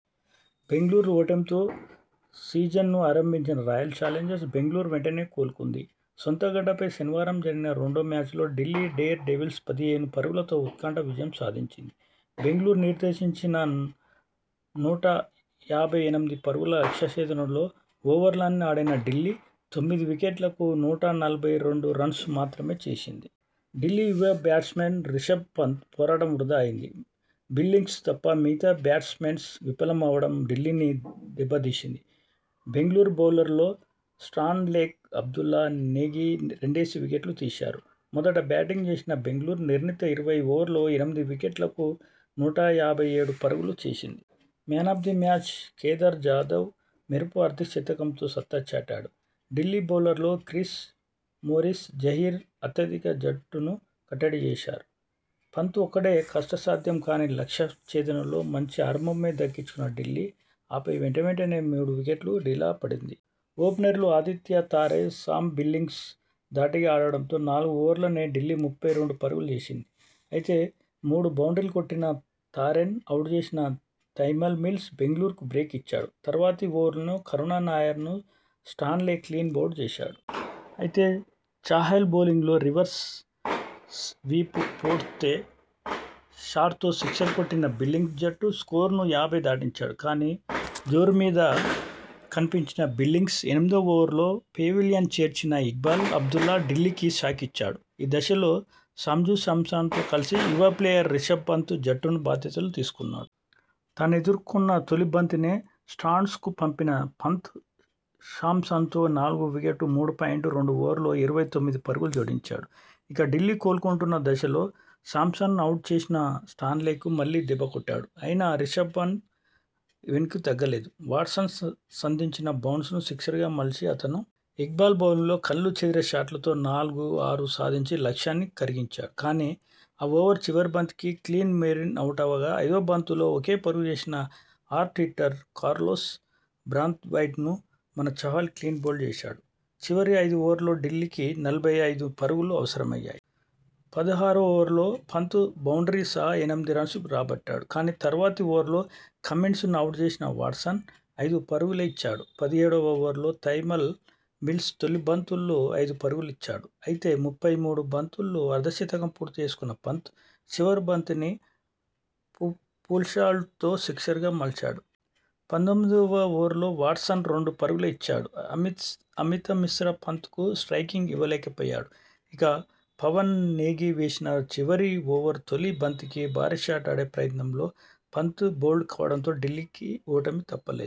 బెంగళూరు ఓటమితో సీజన్ను ఆరంభించిన రాయల్ చాలెంజర్స్ బెంగళూరు వెంటనే కోలుకుంది. సొంతగడ్డపై శనివారం జరిగిన రెండో మ్యాచ్లో ఢిల్లీ డేర్ డెవిల్స్ పదిహేను పరుగులతో ఉత్కంఠ విజయం సాధించింది. బెంగళూరు నిర్దేశించిన నూట యాభై ఎనిమిది పరుగుల లక్ష్య ఛేదనలో ఓవర్లన్నీ ఆడిన ఢిల్లీ తొమ్మిది వికెట్లకు నూట నలభై రెండు రన్స్ మాత్రమే చేసింది. ఢిల్లీ యువ బ్యాట్స్మన్ రిషభ్ పంత పోరాటం వృథా అయింది. బిల్లింగ్స్ తప్ప మిగతా బ్యాట్స్మెన్ విఫలమవడం ఢిల్లీని దెబ్బ తీసింది. బెంగళూరు బౌలర్లలో స్టాన్లేక్, అబ్దుల్లా, నేగి రెండేసి వికెట్లు తీశారు. మొదట బ్యాటింగ్ చేసిన బెంగళూరు నిర్ణీత ఇరవై ఓవర్లలో ఎనిమిది వికెట్లకు నూట యాభై ఏడు పరుగులు చేసింది. 'Man of the match' Kedar Jadhav మెరుపు అర్ధ శతకంతో సత్తా చాటాడు. ఢిల్లీ బౌలర్లలో క్రిస్ మోరిస్, జహీర్ ఆతిథ్యక జట్టును కట్టడి చేశారు. పంత్ ఒక్కడే.. కష్టసాధ్యం కాని లక్ష్య ఛేదనలో మంచి ఆరంభమే దక్కించుకున్న ఢిల్లీ ఆపై వెంటవెంటనే మూడు వికెట్లు డీలా పడింది. ఓపెనర్లు ఆదిత్య తారె, సామ్ బిల్లింగ్స్ ధాటిగా ఆడడంతో నాలుగు ఓవర్లలోనే ఢిల్లీ ముప్పై రెండు పరుగులు చేసింది. అయితే, మూడు బౌండ్రీలు కొట్టిన తారెన్ అవుట్ చేసిన తైమల్ మిల్స్ బెంగళూరుకు బ్రేక్ ఇచ్చాడు. తర్వాతి ఓవర్లను కరుణ్ నాయర్ ను స్టాన్లేక్ క్లీన్బౌల్డ్ చేశాడు. అయితే.. చాహల్ బౌలింగ్లో రివర్స్ విప్ పోట్తే షాట్తో సిక్సర్ కొట్టిన బిల్లింగ్ జట్టు స్కోరు యాభై దాటించాడు. కానీ.. జోరు మీద కనిపించిన బిల్లింగ్స్ ఎనిమిదో ఓవర్లో పెవిలియన్ చేర్చిన ఇక్బాల్ అబ్దుల్లా ఢిల్లీకి షాకిచ్చాడు. ఈ దశలో శాంజూ శాంసన్ తో కలిసి యువ ప్లేయర్ రిషభ్ పంత జట్టును బాధ్యతలు తీసుకున్నాడు. తానెదుర్కొన్న తొలి బంతినే స్టాండ్స్ కు పంపిన పంత శాంసన్తో నాలుగో వికెట్ మూడు పాయింట్ రెండు ఓవర్లలో ఇరవై తొమ్మిది పరుగులు జోడించాడు. ఇక ఢిల్లీ కోలుకుంటున్న దశలో శాంసన్ను అవుట్ చేసిన స్టాన్లేక్ మళ్లీ దెబ్బకొట్టాడు. అయినా రిషభన్ వెనక్కితగ్గలేదు. వాట్సన్ సంధించిన బౌన్సన్ను సిక్సర్గా మలచిన అతను.. ఇక్బాల్ బౌలింగ్లో కళ్లు చెదిరే షాట్లతో నాలుగు, ఆరు సాధించి లక్ష్యాన్ని కరిగించాడు. కానీ, ఆ ఓవర్ చివరి బంతికి క్లిన్ మేరిన్ అవుటవగా.. ఐదో బంతుల్లో ఒకే పరుగు చేసిన hard hitter Carlos Brathwaite ను మనచాహల్ క్లీన్బౌల్డ్ చేశాడు. చివరి ఐదు ఓవర్లలో ఢిల్లీకి నలభై ఐదు పరుగులు అవసరమయ్యాయి. పదహారువ ఓవర్లో పంత బౌండ్రీ సహా ఎనిమిది రన్స్ రాబట్టాడు. కానీ, తర్వాతి ఓవర్లో కమిన్స్ ను అవుట్ చేసిన వాట్సన్ ఐదు పరుగులే ఇచ్చాడు. పదిహేడువ ఓవర్లో తైమల్ మిల్స్ తొలి బంతుల్లో ఐదు పరుగులు ఇచ్చాడు. అయితే, ముప్పై మూడు బంతుల్లో అర్ధ శతకం పూర్తి చేసుకున్న పంత్ చివరి బంతిని పు పుల్షాట్తో సిక్సర్గా మలిచాడు. పంతొమ్మిదివ ఓవర్లో వాట్సన్ రెండు పరుగులే ఇచ్చాడు. అమిత్ స అమిత మిశ్రా పంతకు స్ట్రయికింగ్ ఇవ్వలేకపోయాడు. ఇక, పవన్ నేగి వేసిన చివరి ఓవర్ తొలి బంతికే భారీషాట్ ఆడే ప్రయత్నంలో పంతు బౌల్డ్ కావడంతో ఢిల్లీకి ఓటమి తప్పలేదు.